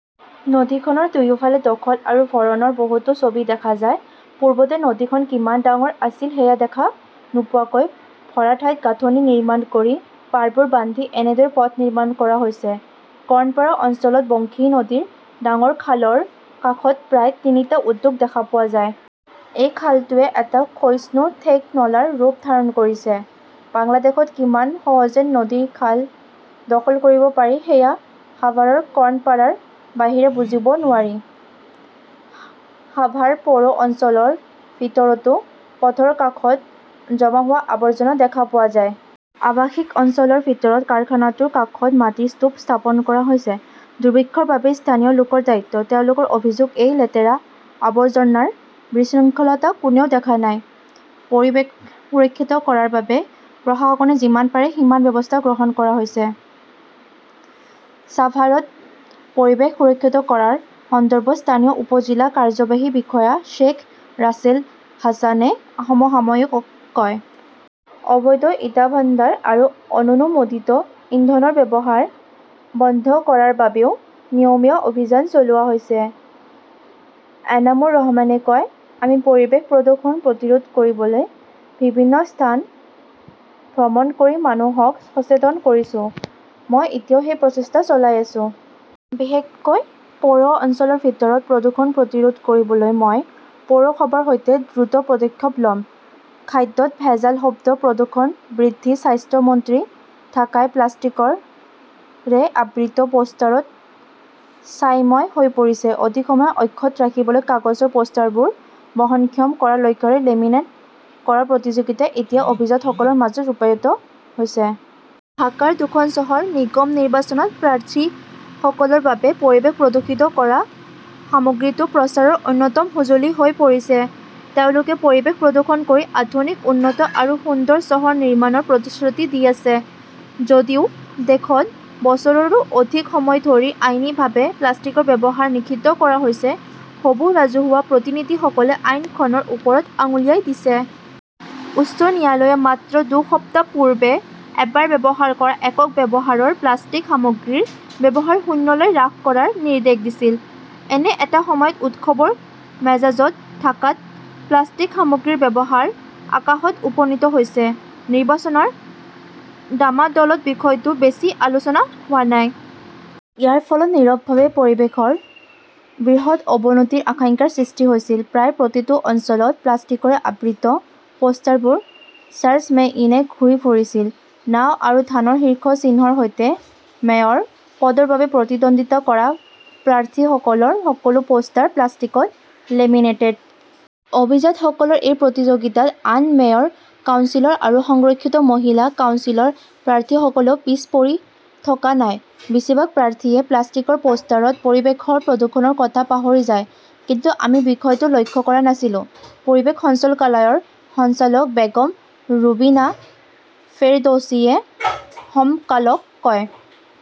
নদীখনৰ দুয়োফালে দখল আৰু ভৰণৰ বহুতো ছবি দেখা যায়। পূৰ্বতে নদীখন কিমান ডাঙৰ আছিল সেয়া দেখা নোপোৱাকৈ, ভৰা ঠাইত গাঁথনি নিৰ্মাণ কৰি, পাৰবোৰ বান্ধি এনেদৰে পথ নিৰ্মাণ কৰা হৈছে। কৰ্ণপাৰা অঞ্চলত বংশী নদীৰ ডাঙৰ খালৰ কাষত প্ৰায় তিনিটা উদ্যোগ দেখা পোৱা যায়। এই খালটোৱে এটা ক্ষয়িষ্ণু ঠেক নলাৰ ৰূপ ধাৰণ কৰিছে। বাংলাদেশত কিমান সহজে নদী-খাল দখল কৰিব পাৰি সেয়া সাভাৰৰ কৰ্ণপাৰাৰ বাহিৰে বুজিব নোৱাৰি। সাভাৰ পৌৰ অঞ্চলৰ ভিতৰতো পথৰ কাষত জমা হোৱা আৱৰ্জনা দেখা পোৱা যায়। আৱাসিক অঞ্চলৰ ভিতৰত কাৰখানাটোৰ কাষত মাটিৰ স্তূপ স্থাপন কৰা হৈছে। দুৰ্ভিক্ষৰ বাবে স্থানীয় লোকৰ দায়িত্ব। তেওঁলোকৰ অভিযোগ এই লেতেৰা-আৱৰ্জনাৰ বিশৃংখলতা কোনেও দেখা নাই। পৰিৱেশ সুৰক্ষিত কৰাৰ বাবে প্ৰশাসনে যিমান পাৰে সিমান ব্যৱস্থা গ্ৰহণ কৰা হৈছে, ছাভাৰত পৰিৱেশ সুৰক্ষিত কৰাৰ সন্দৰ্ভত স্থানীয় উপ-জিলা কাৰ্যবাহী বিষয়া শ্বেখ ৰাছেল হাছানে সমসাময়িকক কয়। অবৈধ ইটা ভাণ্ডাৰ আৰু অননুমোদিত ইন্ধনৰ ব্যৱহাৰ বন্ধ কৰাৰ বাবেও নিয়মীয়া অভিযান চলোৱা হৈছে। এনামুৰ ৰহমানে কয়, আমি পৰিৱেশ প্ৰদূষণ প্ৰতিৰোধ কৰিবলৈ বিভিন্ন স্থান ভ্ৰমণ কৰি মানুহক সচেতন কৰিছো। মই এতিয়াও সেই প্ৰচেষ্টা চলাই আছো। বিশেষকৈ পৌৰ অঞ্চলৰ ভিতৰত প্ৰদূষণ প্ৰতিৰোধ কৰিবলৈ মই পৌৰসভাৰ সৈতে দ্ৰুত পদক্ষেপ লম। খাদ্যত ভেজাল, শব্দ প্ৰদূষণ বৃদ্ধি স্বাস্থ্য মন্ত্ৰী ঢাকাই প্লাষ্টিকৰে আবৃত পোষ্টাৰত ছায়াময় হৈ পৰিছে। অধিক সময় অক্ষত ৰাখিবলৈ কাগজৰ পোষ্টাৰবোৰ বহনক্ষম কৰাৰ লক্ষ্যৰে লেমিনেট কৰাৰ প্ৰতিযোগিতা এতিয়া অভিজাতসকলৰ মাজত ৰূপায়িত হৈছে। ঢাকাৰ দুখন চহৰ নিগম নিৰ্বাচনত প্ৰাৰ্থীসকলৰ বাবে পৰিৱেশ প্ৰদূষিত কৰা সামগ্ৰীটো প্ৰচাৰৰ অন্যতম সঁজুলি হৈ পৰিছে। তেওঁলোকে পৰিৱেশ প্ৰদূষণ কৰি আধুনিক, উন্নত আৰু সুন্দৰ চহৰ নিৰ্মাণৰ প্ৰতিশ্ৰুতি দি আছে। যদিও দেশত বছৰৰো অধিক সময় ধৰি আইনীভাৱে প্লাষ্টিকৰ ব্যৱহাৰ নিষিদ্ধ কৰা হৈছে, হবু ৰাজহুৱা প্ৰতিনিধিসকলে আইনখনৰ ওপৰত আঙুলিয়াই দিছে। উচ্চ ন্যায়ালয়ে মাত্ৰ দুসপ্তাহ পূৰ্বে এবাৰ ব্যৱহাৰ কৰা একক ব্যৱহাৰৰ প্লাষ্টিক সামগ্ৰীৰ ব্যৱহাৰ শূন্যলৈ হ্ৰাস কৰাৰ নিৰ্দেশ দিছিল। এনে এটা সময়ত, উৎসৱৰ মেজাজত ঢাকাত প্লাষ্টিক সামগ্ৰীৰ ব্যৱহাৰ আকাশত উপনীত হৈছে। নিৰ্বাচনৰ ডামাডলত বিষয়টো বেছি আলোচনা হোৱা নাই। ইয়াৰ ফলত নীৰৱভাৱে পৰিৱেশৰ বৃহৎ অৱনতিৰ আশাংকাৰ সৃষ্টি হৈছিল। প্ৰায় প্ৰতিটো অঞ্চলত প্লাষ্টিকৰে আবৃত পোষ্টাৰবোৰ চাৰ্জমেইনে ঘূৰি ফুৰিছিল। নাও আৰু ধানৰ শীৰ্ষ চিহ্নৰ সৈতে মেয়ৰ পদৰ বাবে প্ৰতিদ্বন্দ্বিতা কৰা প্ৰাৰ্থীসকলৰ সকলো পোষ্টাৰ প্লাষ্টিকত লেমিনেটেড। অভিজাতসকলৰ এই প্ৰতিযোগিতাত আন মেয়ৰ, কাউন্সিলৰ আৰু সংৰক্ষিত মহিলা কাউন্সিলৰ প্ৰাৰ্থীসকলেও পিছ পৰি থকা নাই। বেছিভাগ প্ৰাৰ্থীয়ে প্লাষ্টিকৰ পোষ্টাৰত পৰিৱেশৰ প্ৰদূষণৰ কথা পাহৰি যায়। কিন্তু আমি বিষয়টো লক্ষ্য কৰা নাছিলো, পৰিৱেশ সঞ্চালকালয়ৰ সঞ্চালক বেগম ৰুবিনা ফেৰদৌছিয়ে সমকালক কয়।